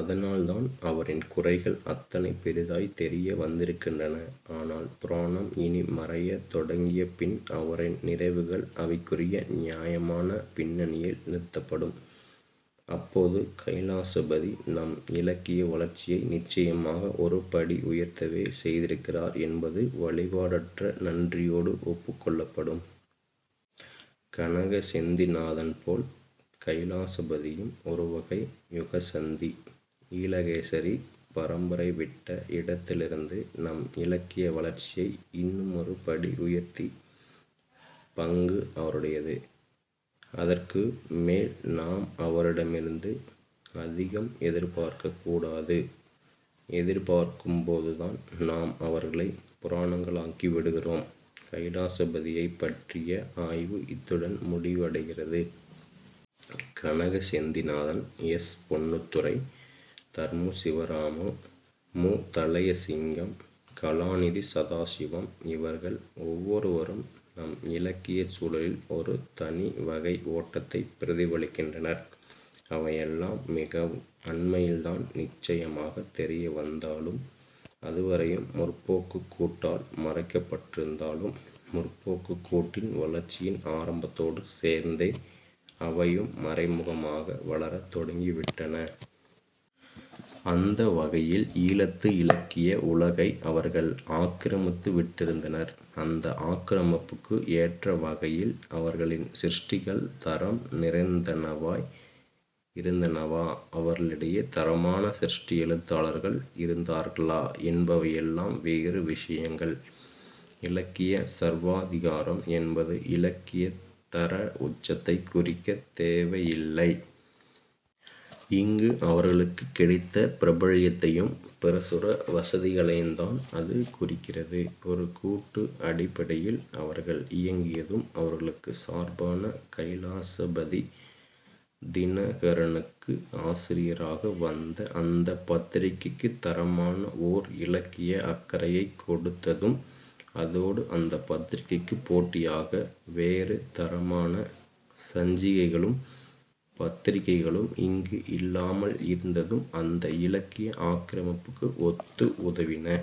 அதனால்தான் அவரின் குறைகள் அத்தனை பெரிதாய்த் தெரிய வந்திருக்கின்றன. ஆனால் புராணம் இனி மறையத் தொடங்கிய பின் அவரின் நிறைவுகள் அவைக்குரிய நியாயமான பின்னணியில் நிறுத்தப்படும். அப்போது கைலாசபதி நம் இலக்கிய வளர்ச்சியை நிச்சயமாக ஒரு படி உயர்த்தவே செய்திருக்கிறார் என்பது வழிபாடற்ற நன்றியோடு ஒப்புக்கொள்ளப்படும். கனக செந்திநாதன்போல் கைலாசபதியும் ஒருவகை யுகசந்தி. 'ஈழகேசரி' பரம்பரை விட்ட இடத்திலிருந்து நம் இலக்கிய வளர்ச்சியை இன்னுமொரு படி உயர்த்திய பங்கு அவருடையது. அதற்கு மேல் நாம் அவரிடமிருந்து அதிகம் எதிர்பார்க்கக் கூடாது. எதிர்பார்க்கும்போதுதான் நாம் அவர்களைப் புராணங்களாக்கி விடுகிறோம். கைலாசபதியைப் பற்றிய ஆய்வு இத்துடன் முடிவடைகிறது. கனக செந்திநாதன், எஸ். பொன்னுத்துரை, தர்மு சிவராமு, மு. தளையசிங்கம், கலாநிதி சதாசிவம். இவர்கள் ஒவ்வொருவரும் நம் இலக்கியச் சூழலில் ஒரு தனி வகை ஓட்டத்தைப் பிரதிபலிக்கின்றனர். அவையெல்லாம் மிக அண்மையில்தான் நிச்சயமாகத் தெரிய வந்தாலும் அதுவரையும் 'முற்போக்கு'க் கூட்டால் மறைக்கப்பட்டிருந்தாலும் 'முற்போக்கு'க் கூட்டின் வளர்ச்சியின் ஆரம்பத்தோடு சேர்ந்தே அவையும் மறைமுகமாக வளரத் தொடங்கிவிட்டன. அந்த வகையில் ஈழத்து இலக்கிய உலகை அவர்கள் ஆக்கிரமித்துவிட்டிருந்தனர். அந்த ஆக்கிரமிப்புக்கு எற்ற வகையில் அவர்களின் சிருஷ்டிகள் தரம் நிறைந்தனவாய் இருந்தனவா, அவர்களிடையே தரமான சிருஷ்டி எழுத்தாளர்கள் இருந்தார்களா என்பவை எல்லாம் வேறு விசயங்கள். இலக்கியச் சர்வாதிகாரம் என்பது இலக்கியத் தர உச்சத்தைக் குறிக்கத் தேவையில்லை. இங்கு அவர்களுக்குக் கிடைத்த பிரபல்யத்தையும் பிரசுர வசதிகளையுந்தான் அது குறிக்கிறது. ஒரு கூட்டு அடிப்படையில் அவர்கள் இயங்கியதும், அவர்களுக்குச் சார்பான கைலாசபதி 'தினகரனு'க்கு ஆசிரியராக வந்து அந்தப் பத்திரிகைக்குத் தரமான ஒர் இலக்கிய அக்கறையைக் கொடுத்ததும், அதோடு அந்தப் பத்திரிகைக்குப் போட்டியாக வேறு தரமான சஞ்சிகைகளும் பத்திரிகைகளும் இங்கு இல்லாமல் இருந்ததும் அந்த இலக்கிய ஆக்கிரமிப்புக்கு ஒத்து உதவின.